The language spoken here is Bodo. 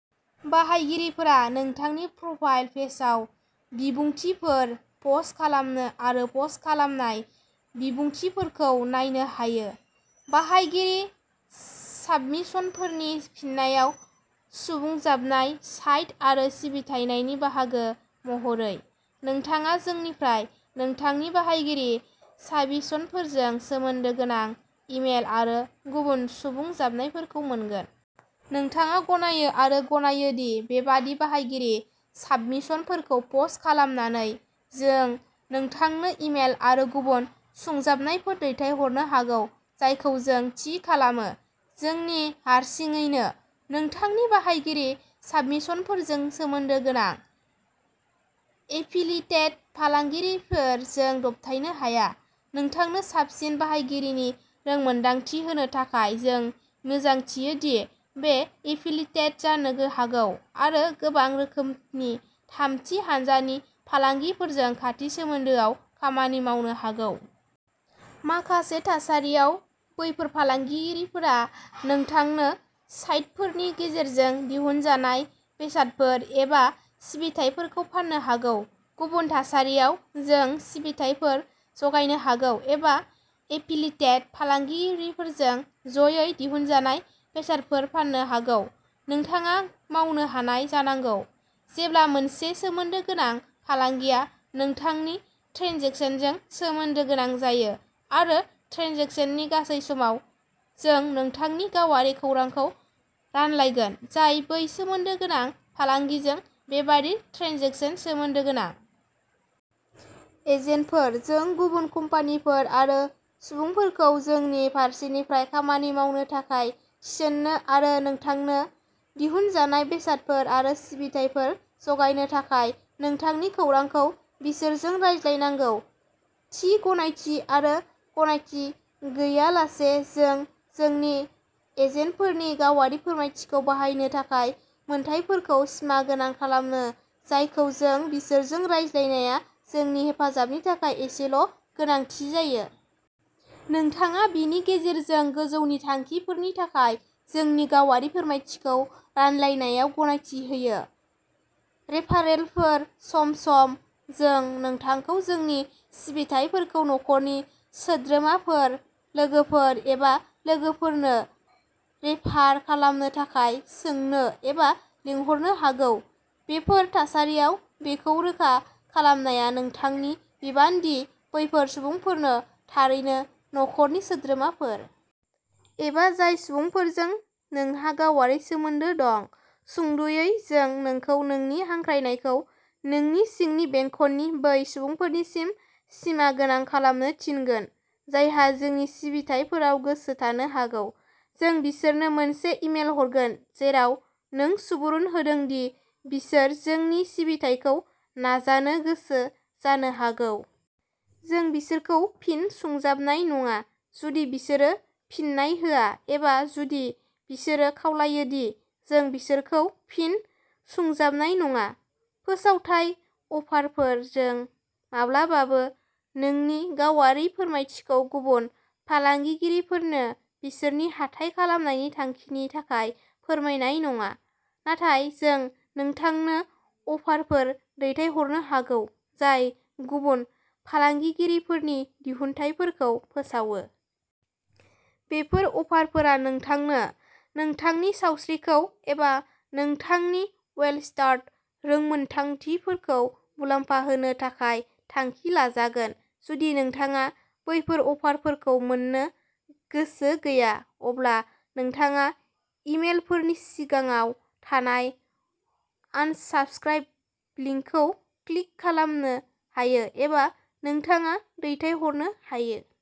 बाहायगिरिफोरा नोंथांनि प्रफाइल पेजआव बिबुंथिफोर पस्ट खालामनो आरो पस्ट खालामनाय बिबुंथिफोरखौ नायनो हायो। बाहायगिरि साबमिशनफोरनि फिननायाव सुंजाबनाय साइट आरो सिबिथायनि बाहागो महरै, नोंथाङा जोंनिफ्राय नोंथांनि बाहायगिरि साबमिशनफोरजों सोमोन्दो गोनां इमेल आरो गुबुन सुंजाबनायफोरखौ मोनगोन। नोंथाङा गनायो आरो गनायो दि बेबादि बाहायगिरि साबमिशनफोरखौ पस्ट खालामनानै, जों नोंथांनो इमेल आरो गुबुन सुंजाबनायफोर दैथायहरनो हागौ जायखौ जों थि खालामो, जोंनि हारसिङैनो, नोंथांनि बाहायगिरि साबमिशनफोरजों सोमोन्दो गोनां। एफिलियेटेड फालांगिफोर जों दबथायनो हाया नोंथांनो साबसिन बाहायगिरिनि रोंमोनदांथि होनो थाखाय, जों मिजिंथियो दि जों एफिलियेटेड जानो हागौ आरो गोबां रोखोमनि थामथि हान्जानि फालांगिफोरजों खाथि सोमोन्दोआव खामानि मावनो हागौ। माखासे थासारियाव, बेफोर फालांगिफोरा नोंथांनो साइटफोरनि गेजेरजों दिहुनजानाय बेसादफोर एबा सिबिथाइफोरखौ फान्नो हागौ। गुबुन थासारियाव, जों सिबिथाइफोर जगायनो हागौ, एबा एफिलियेटेड फालांगिफोरजों ज'यै दिहुनजानाय बेसादफोर फाननो हागौ। नोंथाङा मावनो हानाय जानांगौ। जेब्ला मोनसे सोमोन्दो गोनां फालांगिया नोंथांनि ट्रेन्जेकसनजों सोमोन्दो गोनां जायो, आरो ट्रेन्जेकसननि गासै समाव, जों नोंथांनि गावारि खौरांखौ रानलायगोन जाय बै सोमोन्दो गोनां फालांगिजों बेबादि ट्रेन्जेकसनजों सोमोन्दो गोनां। एजेन्टफोर जों गुबुन कम्पानिफोर आरो सुबुंफोरखौ जोंनि फारसेनिफ्राय खामानि मावनो थाखाय थिसनो आरो नोंथांनो दिहुनजानाय बेसादफोर आरो सिबिथाइफोर जगायनो थाखाय नोंथांनि खौरांखौ बिसोरजों रानलायनांगौ। थि गनायथि आरो गनायथि गैयालासे, जों जोंनि एजेन्टफोरनि गावारि फोरमायथिखौ बाहायनो थाखाय मोनथायफोरखौ सिमागोनां खालामो जायखौ जों बिसोरजों रानलायनाया जोंनि हेफाजाबनि थाखाय एसेल' गोनांथि जायो। नोंथाङा बेनि गेजेरजों गोजौनि थांखिफोरनि थाखाय जोंनि गावारि फोरमायथिखौ रानलायनायाव गनायथि होयो। रेफारेलफोर सम सम, जों नोंथांखौ जोंनि सिबिथाइफोरखौ नखरनि सोद्रोमाफोर, लोगोफोर एबा लोगोफोरनो रेफार खालामनो थाखाय सोंनो एबा लिंहरनो हागौ। बेफोर थासारियाव, बेखौ रोखा खालामनाया नोंथांनि बिबान दि बेफोर सुबुंफोरानो थारैनो नखरनि सोद्रोमाफोर। एबा जाय सुबुंफोरजों नोंहा गावारि सोमोन्दो दं। सुंद'यै, जों नोंखौ नोंनि हांख्रायनायखौ नोंनि सिंनि बेंखननि बै सुबुंफोरसिम सिमागोनां खालामनो थिनगोन जायहा जोंनि सिबिथाइफोराव गोसो थानो हागौ। जों बिसोरनो मोनसे इमेल हरगोन जेराव नों सुबुरुन होदों दि बिसोर जोंनि सिबिथाइफोरखौ नाजानो गोसो जानो हागौ। जों बिसोरखौ फिन सुंजाबनाय नङा जुदि बिसोरो फिन्नाय होआ एबा जुदि बिसोरो खावलायो दि जों बिसोरखौ फिन सुंजाबनाय नङा। फोसावथाय अफारफोर जों माब्लाबाबो नोंनि गावारि फोरमायथिखौ गुबुन फालांगिफोरनो बिसोरनि हाथाय खालामनायनि थांखिनि थाखाय फोरमायनाय नङा, नाथाय जों नोंथांनो अफारफोर दैथायहरनो हागौ जाय गुबुन फालांगिफोरनि दिहुनथायफोरखौ फोसावो। बेफोर अफारफोरा नोंथांनो, नोंथांनि सावस्रिखौ, एबा नोंथांनि वेलस्टार्ट रोंमोनदांथिखौ मुलाम्फा होनो थाखाय थांखि लाजागोन। जुदि नोंथाङा बेफोर अफारफोरखौ मोन्नो गोसो गैया, अब्ला नोंथाङा इमेलफोरनि सिङाव थानाय "आनसाबस्क्राइब" लिंकखौ क्लिक खालामनो हायो एबा नोंथाङा दैथायहरनो हायो।